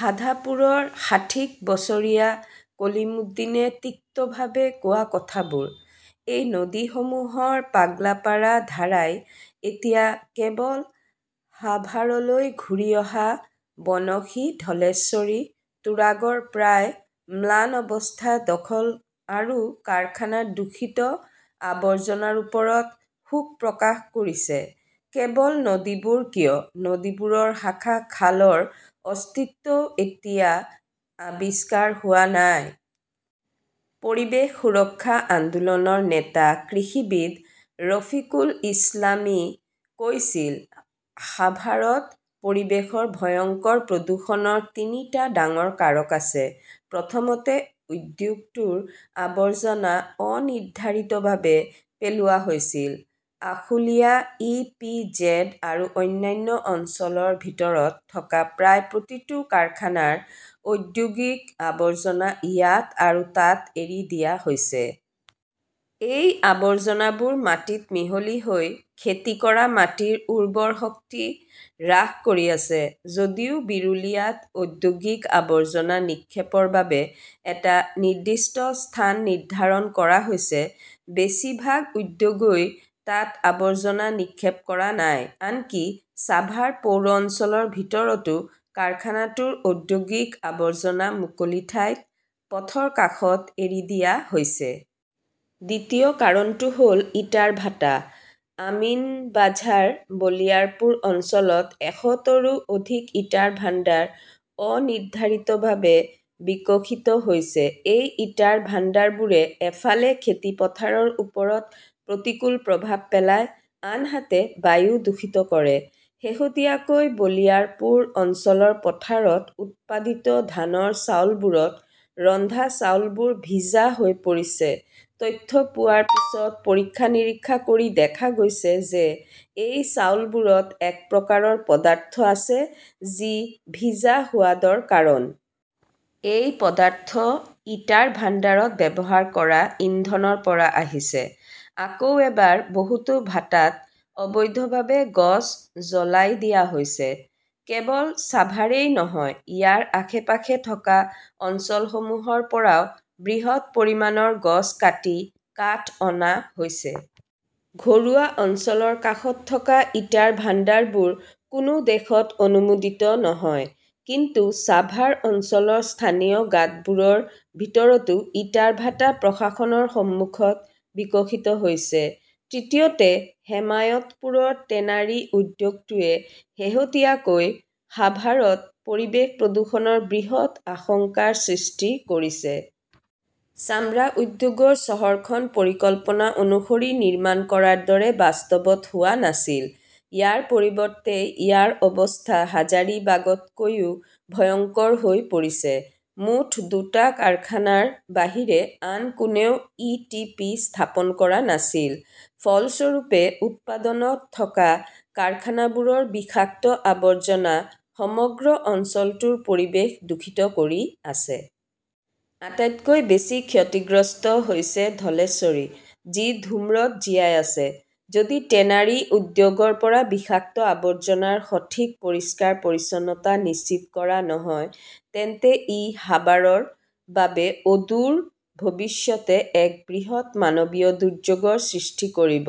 সাধাপুৰৰ ষাঠিশ বছৰীয়া কলিমুদ্দীনে তিক্তভাৱে কোৱা কথাবোৰ। এই নদীসমূহৰ পাগলাপাৰা ধাৰাই এতিয়া কেৱল সাভাৰলৈ ঘূৰি অহা বনশী, ধলেশ্বৰী, তুৰাগৰ প্ৰায় ম্লান অৱস্থা, দখল আৰু কাৰখানাৰ দূষিত আৱৰ্জনাৰ ওপৰত শোক প্ৰকাশ কৰিছে। কেৱল নদীবোৰ কিয়, নদীবোৰৰ শাখা খালৰ অস্তিত্বও এতিয়া আৱিষ্কাৰ হোৱা নাই। পৰিৱেশ সুৰক্ষা আন্দোলনৰ নেতা কৃষিবিদ ৰফিকুল ইছলামই কৈছিল। "সাভাৰত পৰিৱেশৰ ভয়ংকৰ প্ৰদূষণৰ তিনিটা ডাঙৰ কাৰক আছে। প্ৰথমতে, উদ্যোগটোৰ আৱৰ্জনা অনিৰ্ধাৰিতভাৱে পেলোৱা হৈছিল। আশুলিয়া, ই. পি. জেড. আৰু অন্যান্য অঞ্চলৰ ভিতৰত থকা প্ৰায় প্ৰতিটো কাৰখানাৰ ঔদ্যোগিক আৱৰ্জনা ইয়াত আৰু তাত এৰি দিয়া হৈছে। এই আৱৰ্জনাবোৰ মাটিত মিহলি হৈ খেতি কৰা মাটিৰ উৰ্বৰ শক্তি হ্ৰাস কৰি আছে। যদিও বিৰুলিয়াত ঔদ্যোগিক আৱৰ্জনা নিক্ষেপৰ বাবে এটা নিৰ্দিষ্ট স্থান নিৰ্ধাৰণ কৰা হৈছে, বেছিভাগ উদ্যোগই তাত আৱৰ্জনা নিক্ষেপ কৰা নাই। আনকি ছাভাৰ পৌৰ অঞ্চলৰ ভিতৰতো কাৰখানাটোৰ ঔদ্যোগিক আৱৰ্জনা মুকলি ঠাইত, পথৰ কাষত এৰি দিয়া হৈছে। দ্বিতীয় কাৰণটো হ "ল ইটাৰ ভাটা। আমিনবাঝাৰ, বলিয়াৰপুৰ অঞ্চলত একশতৰো অধিক ইটাৰ ভাণ্ডাৰ অনিৰ্ধাৰিতভাৱে বিকশিত হৈছে। এই ইটাৰ ভাণ্ডাৰবোৰে এফালে খেতি পথাৰৰ ওপৰত প্ৰতিকূল প্ৰভাৱ পেলায়, আনহাতে বায়ু দূষিত কৰে। শেহতীয়াকৈ বলিয়াৰপুৰ অঞ্চলৰ পথাৰত উৎপাদিত ধানৰ চাউলবোৰত ৰন্ধা চাউলবোৰ ভিজা হৈ পৰিছে-তথ্য পোৱাৰ পিছত পৰীক্ষা-নিৰীক্ষা কৰি দেখা গৈছে যে এই চাউলবোৰত এক প্ৰকাৰৰ পদাৰ্থ আছে যি ভিজা সোৱাদৰ কাৰণ। এই পদাৰ্থ ইটাৰ ভাণ্ডাৰত ব্যৱহাৰ কৰা ইন্ধনৰ পৰা আহিছে। আকৌ এবাৰ, বহুতো ভাটাত অবৈধভাৱে গছ জ্বলাই দিয়া হৈছে। কেৱল সাভাৰেই নহয়, ইয়াৰ আশে-পাশে থকা অঞ্চলসমূহৰ পৰাও বৃহৎ পৰিমাণৰ গছ কাটি কাঠ অনা হৈছে। ঘৰুৱা অঞ্চলৰ কাষত থকা ইটাৰ ভাণ্ডাৰবোৰ কোনো দেশত অনুমোদিত নহয়। কিন্তু ছাভাৰ অঞ্চলৰ স্থানীয় গাঁতবোৰৰ ভিতৰতো ইটাৰ ভাটা প্ৰশাসনৰ সন্মুখত বিকশিত হৈছে। তৃতীয়তে, হেমায়তপুৰৰ টেনাৰী উদ্যোগটোৱে শেহতীয়াকৈ সাভাৰত পৰিৱেশ প্ৰদূষণৰ বৃহৎ আশংকাৰ সৃষ্টি কৰিছে। চামৰা উদ্যোগৰ চহৰখন পৰিকল্পনা অনুসৰি নিৰ্মাণ কৰাৰ দৰে বাস্তৱত হোৱা নাছিল। ইয়াৰ পৰিৱৰ্তে, ইয়াৰ অৱস্থা হাজাৰিবাগতকৈও ভয়ংকৰ হৈ পৰিছে। মুঠ দুটা কাৰখানাৰ বাহিৰে আন কোনেও ই. টি. পি. স্থাপন কৰা নাছিল। ফলস্বৰূপে, উৎপাদনত থকা কাৰখানাবোৰৰ বিষাক্ত আৱৰ্জনা সমগ্ৰ অঞ্চলটোৰ পৰিৱেশ দূষিত কৰি আছে। আটাইতকৈ বেছি ক্ষতিগ্ৰস্ত হৈছে ধলেশ্বৰী, যি ধূম্ৰত জীয়াই আছে। যদি টেনাৰী উদ্যোগৰ পৰা বিষাক্ত আৱৰ্জনাৰ সঠিক পৰিষ্কাৰ-পৰিচ্ছন্নতা নিশ্চিত কৰা নহয় তেন্তে ই সাভাৰৰ বাবে অদূৰ ভৱিষ্যতে এক বৃহৎ মানৱীয় দুৰ্যোগৰ সৃষ্টি কৰিব।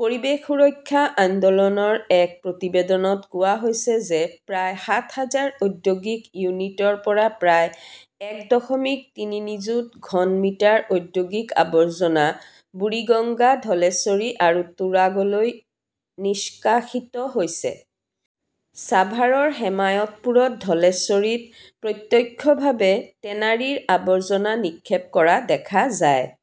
পৰিৱেশ সুৰক্ষা আন্দোলনৰ এক প্ৰতিবেদনত কোৱা হৈছে যে প্ৰায় সাত হাজাৰ ঔদ্যোগিক ইউনিটৰ পৰা প্ৰায় এক দশমিক তিনি নিযুত ঘন মিটাৰ ঔদ্যোগিক আৱৰ্জনা বুৰিগঙ্গা, ধলেশ্বৰী আৰু তুৰাগলৈ নিষ্কাশিত হৈছে। চাভাৰৰ হেমায়তপুৰত ধলেশ্বৰীত প্ৰত্যক্ষভাৱে টেনাৰীৰ আৱৰ্জনা নিক্ষেপ কৰা দেখা যায়।